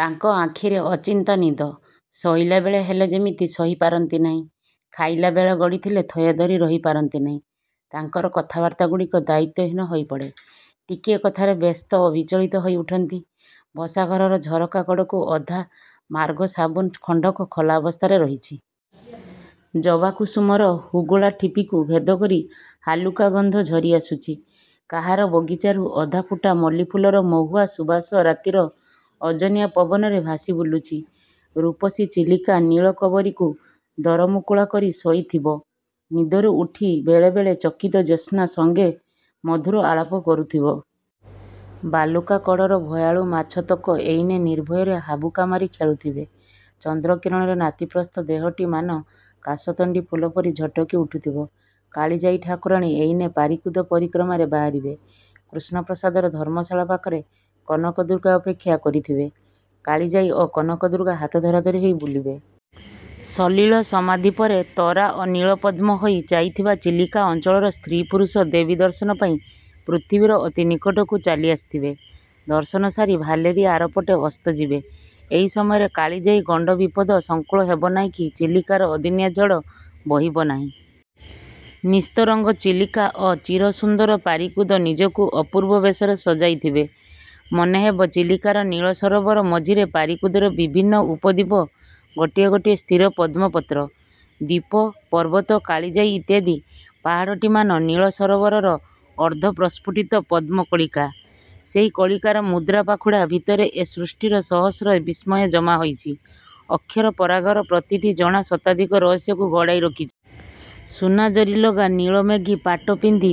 ତାଙ୍କ ଆଖିରେ ଅଚିନ୍ତା ନିଦ। ଶୋଇବାବେଳ ହେଲେ ଯେମିତି ସହି ପାରନ୍ତି ନାହିଁ, ଖାଇବା ବେଳ ଗଡ଼ିଗଲେ ଥୟଧରି ରହି ପାରନ୍ତି ନାହିଁ। ତାଙ୍କର କଥାବାର୍ତ୍ତାଗୁଡ଼ିକ ଦାୟିତ୍ୱହୀନ ହୋଇପଡ଼େ। ଟିକିଏ କଥାରେ ବ୍ୟସ୍ତ ଓ ବିଚଳିତ ହୋଇ ଉଠନ୍ତି। ବସାଘରର ଝରକା କଡ଼କୁ ଅଧା 'ମାର୍ଗୋ ସାବୁନ' ଖଣ୍ଡକ ଖୋଲା ଅବସ୍ଥାରେ ରହିଛି। 'ଜବାକୁସୁମ'ର ହୁଗୁଳା ଠିପିକୁ ଭେଦ କରି ହାଲୁକା ଗନ୍ଧ ଝରି ଆସୁଛି। କାହାର ବଗିଚାରୁ ଅଧାଫୁଟା ମଲ୍ଲୀଫୁଲର ମହୁଆ ସୁବାସ ରାତିର ଓଜନିଆ ପବନରେ ଭାସି ବୁଲୁଛି। ରୂପସୀ-ଚିଲିକା ନୀଳ-କବରୀକୁ ଦରମୁକୁଳା କରି ଶୋଇଥିବ। ନିଦରୁ ଉଠି ବେଳେ ବେଳେ ଚକିତ ଜ୍ୟୋତ୍ସ୍ନା ସଙ୍ଗେ ମଧୁର ଆଳାପ କରୁଥିବ। ବାଲୁକା କଡ଼ର ଭୟାଳୁ ମାଛତକ ଏଇନେ ନିର୍ଭୟରେ ହାବୁକାମାରି ଖେଳୁଥିବେ। ଚନ୍ଦ୍ରକିରଣରେ ନାତିପ୍ରସ୍ଥ ଦେହଟିମାନ କାଶତଣ୍ଡି ଫୁଲପରି ଝଟକି ଉଠୁଥିବ। କାଳିଜାଈ ଠାକୁରାଣୀ ଏଇନେ ପାରିକୁଦ ପରିକ୍ରମାରେ ବାହାରିବେ। କୃଷ୍ଣପ୍ରସାଦର ଧର୍ମଶାଳା ପାଖରେ କନକ ଦୁର୍ଗା ଅପେକ୍ଷା କରିଥିବେ। କାଳିଜାଈ ଓ କନକ ଦୁର୍ଗା ହାତ ଧରାଧରି ହୋଇ ବୁଲିବେ। ସଲିଳ ସମାଧିପରେ ତରା ଓ ନୀଳପଦ୍ମ ହୋଇ ଯାଇଥିବା ଚିଲିକା ଅଞ୍ଚଳର ସ୍ତ୍ରୀ ପୁରୁଷ ଦେବୀ ଦର୍ଶନ ପାଇଁ ପୃଥିବୀର ଅତି ନିକଟକୁ ଚାଲି ଆସିଥିବେ। ଦର୍ଶନ ସାରି ଭାଲେରୀ ଆର ପଟେ ଅସ୍ତଯିବେ। ଏହି ସମୟରେ କାଳିଜାଈ ଗଣ୍ଡ ବିପଦ ସଙ୍କୁଳ ହେବ ନାହିଁ କି ଚିଲିକାର ଅଦିନିଆ ଝଡ଼ ବୋହିବ ନାହିଁ। ନିସ୍ତରଙ୍ଗ ଚିଲିକା ଓ ଚିରସୁନ୍ଦର ପାରିକୁଦ ନିଜକୁ ଅପୂର୍ବ ବେଶରେ ସଜାଇଥିବେ। ମନେହେବ, ଚିଲିକାର ନୀଳସରୋବର ମଝିରେ ପାରିକୁଦର ବିଭିନ୍ନ ଉପଦ୍ୱୀପ ଗୋଟିଏ ଗୋଟିଏ ସ୍ଥିର ପଦ୍ମ ପତ୍ର। ଦ୍ୱୀପ–ପର୍ବତ କାଳିଜାଈ ଇତ୍ୟାଦି ପାହାଡ଼ଟିମାନ ନୀଳ ସରୋବରର ଅର୍ଦ୍ଧ ପ୍ରସ୍ଫୁଟିତ ପଦ୍ମ–କଳିକା। ସେହି କଳିକାର ମୁଦ୍ରା ପାଖୁଡ଼ା ଭିତରେ ଏ ସୃଷ୍ଟିର ସହସ୍ର ବିସ୍ମୟ ଜମା ହୋଇଛି ଅକ୍ଷର ପରାଗର ପ୍ରତିଟି ଜଣା ଶତାଧିକ ରହସ୍ୟକୁ ଘୋଡ଼ାଇ ରଖିଛି। ସୁନା ଜରିଲଗା ନୀଳମେଘୀ ପାଟ ପିନ୍ଧି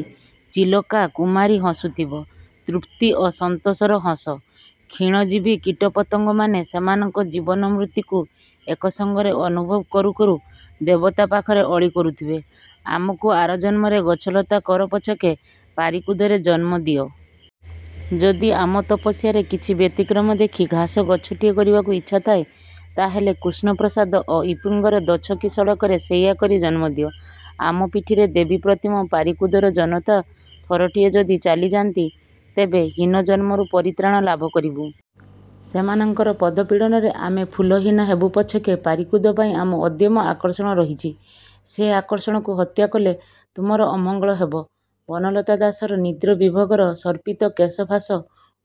ଚିଲକା କୁମାରୀ ହସୁଥିବ; ତୃପ୍ତି ଓ ସନ୍ତୋଷର ହସ। କ୍ଷୀଣଜୀବୀ କୀଟପତଙ୍ଗମାନେ ସେମାନଙ୍କ ଜୀବନ ମୃତ୍ୟୁକୁ ଏକ ସଙ୍ଗରେ ଅନୁଭବ କରୁ କରୁ ଦେବତା ପାଖରେ ଅଳି କରୁଥିବେ, ଆମକୁ ଆର ଜନ୍ମରେ ଗଛଲତା କର ପଛକେ ପାରିକୁଦରେ ଜନ୍ମ ଦିଅ। ଯଦି ଆମ ତପସ୍ୟାରେ କିଛି ବ୍ୟତିକ୍ରମ ଦେଖି ଘାସ ଗଛଟିଏ କରିବାକୁ ଇଚ୍ଛା ଥାଏ, ତାହାହେଲେ କୃଷ୍ଣପ୍ରସାଦ ଓ ଇପିଙ୍ଗର ଦୋ'ଛକି ସଡ଼କରେ ସେଇଆ କରି ଜନ୍ମଦିଅ। ଆମ ପିଠିରେ ଦେବପ୍ରତୀମ ପାରିକୁଦର ଜନତା ଥରଟିଏ ଯଦି ଚାଲିଯାନ୍ତି, ତେବେ। ହୀନ ଜନ୍ମରୁ ପରିତ୍ରାଣ ଲାଭକରିବୁ। ସେମାନଙ୍କର ପଦପୀଡ଼ନରେ ଆମେ ଫୁଲହୀନା ହେବୁ ପଛକେ ପାରିକୁଦ ପାଇଁ ଆମ ଅଦମ୍ୟ ଆକର୍ଷଣ ରହିଛି। ସେ ଆକର୍ଷଣକୁ ହତ୍ୟା କଲେ ତୁମର ଅମଙ୍ଗଳ ହେବ। ବନଲତା ଦାସର ନିଦ୍ରାବିଭୋଗର ସର୍ପିତ-କେଶ-ଫାଶ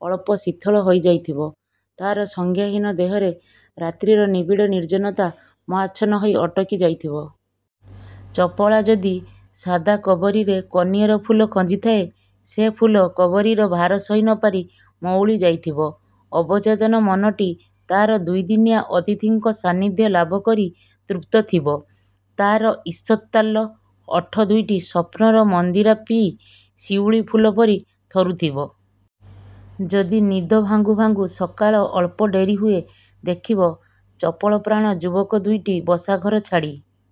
ଅଳ୍ପ ଶିଥିଳ ହୋଇ ଯାଇଥିବ। ତାର ସଂଜ୍ଞାହୀନ ଦେହରେ ରାତ୍ରିର ନିବିଡ଼ ନିର୍ଜନତା ମୋହାଚ୍ଛନ୍ନ ହୋଇ ଅଟକି ଯାଇଥିବ। ଚପଳା ଯଦି ସାଦା କବରୀରେ କନିଅର ଫୁଲ ଖଞ୍ଜିଥାଏ, ସେ ଫୁଲ କବରୀର ଭାର ସହି ନପାରି ମଉଳି ଯାଇଥିବ। ଅବଚେତନ ମନଟି ତାର ଦୁଇଦିନିଆ ଅତିଥିଙ୍କ ସାନ୍ନିଧ୍ୟ ଲାଭକରି ତୃପ୍ତ ଥିବ। ତାର ଇଷତ୍ଲାଲ ଓଠ ଦୁଇଟି ସ୍ୱପ୍ନର ମନ୍ଦିରା ପିଇ ଶିଉଳୀଫୁଲ ପରି ଥରୁଥିବ। ଯଦି ନିଦ ଭାଙ୍ଗୁ ଭାଙ୍ଗୁ ସକାଳ ଅଳ୍ପ ଡେରି ହୁଏ, ଦେଖିବ, ଚପଳପ୍ରାଣ ଯୁବକ ଦୁଇଟି ବସାଘର ଛାଡ଼ି